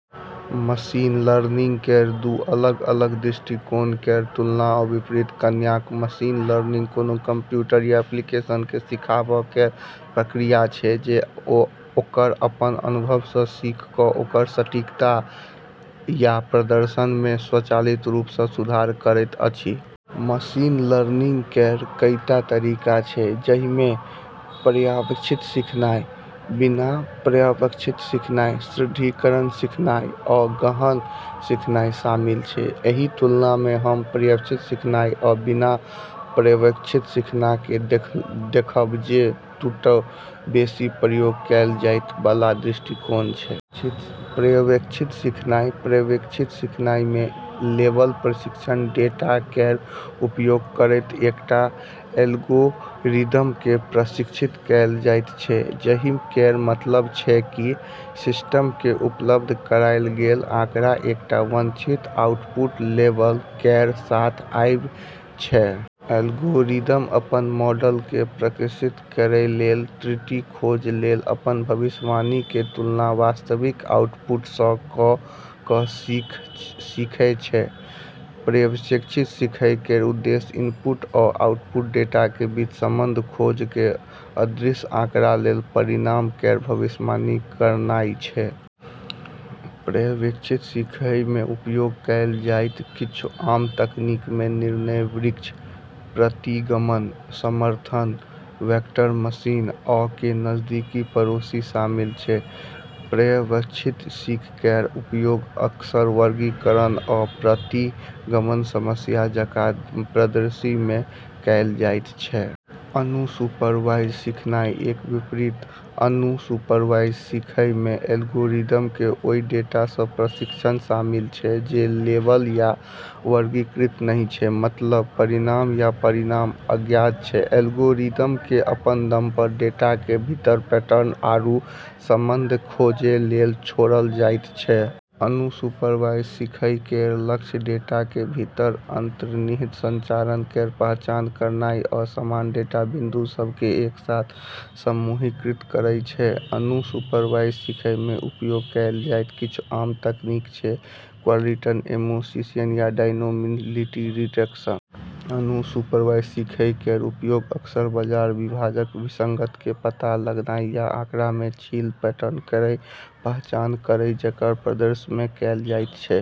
Machine learning केर दू अलग-अलग दृष्टिकोण केर तुलना आ विपरीत कयनाय। मशीन लर्निंग कोनो कंप्यूटर या एप्लीकेशन केँ सिखाबै केर प्रक्रिया छै जे ओकर अपन अनुभव सँ सीख कऽ ओकर सटीकता आ/या प्रदर्शन मे स्वचालित रूप सँ सुधार करैत अछि। मशीन लर्निंग केर कईटा तरीका छै, जहि मे पर्यवेक्षित सीखनाय, बिना पर्यवेक्षित सीखनाय, सुदृढीकरण सीखनाय, आ गहन सीखनाय शामिल छै। एहि तुलना मे हम पर्यवेक्षित सीखनाय आ बिना पर्यवेक्षित सीखना केँ देखब, जे दूटा बेसि प्रयोग कएल जाइत बला दृष्टिकोण छै। पर्यवेक्षित सीखनाय: पर्यवेक्षित सीखनाय मे लेबल प्रशिक्षण डेटा केर उपयोग करैत एकटा एल्गोरिदम केँ प्रशिक्षित कएल जाइत छै, जहि केर मतलब छै की सिस्टम केँ उपलब्ध कराएल गेल आँकड़ा एकटा वांछित आउटपुट लेबल केर साथ आबै छै। एल्गोरिदम अपन मॉडल केँ परिष्कृत करै लेल त्रुटि खोजै लेल अपन भविष्यवाणी के तुलना वास्तविक आउटपुट सँ कऽ कऽ सीखै छै। पर्यवेक्षित सीखय केर उद्देश्य इनपुट आ आउटपुट डेटा केँ बीच संबंध खोज कऽ अदृश्य आँकड़ा लेल परिणाम केर भविष्यवाणी करनाय छै। पर्यवेक्षित सीखय मे उपयोग कएल जाइत किछु आम तकनीक मे निर्णय वृक्ष, प्रतिगमन, समर्थन वेक्टर मशीन आ के-नजदीकी पड़ोसी शामिल छै। पर्यवेक्षित सीख केर उपयोग अक्सर वर्गीकरण आ प्रतिगमन समस्या जकाँ परिदृश्य मे कएल जाइत छै। अनसुपरवाइज सीखनाय: एकर विपरीत, अनसुपरवाइज सीखय मे एल्गोरिदम केँ ओय डेटा सँ प्रशिक्षण शामिल छै जे लेबल या वर्गीकृत नहि छै, मतलब परिणाम या परिणाम अज्ञात छै। एल्गोरिदम केँ अपन दम पर डेटा के भीतर पैटर्न आरू संबंध खोजै लेल छोड़ल जाइत छै। अनसुपरवाइज सीखय केर लक्ष्य डेटा के भीतर अंतर्निहित संरचना केर पहचान करनाय आ समान डेटा बिंदु सभ केँ एक साथ समूहीकृत करनाय छै। अनसुपरवाइज सीखय मे उपयोग कएल जाइत किछु आम तकनीक छै क्लस्टरिंग, एसोसिएशन आ डायमेंशनलिटी रिडक्शन। अनसुपरवाइज सीख केर उपयोग अक्सर बाजार विभाजन, विसंगति केँ पता लगानाय या आँकड़ा मे छिपल पैटर्न केर पहचान करय जकाँ परिदृश्य मे कएल जाइत छै।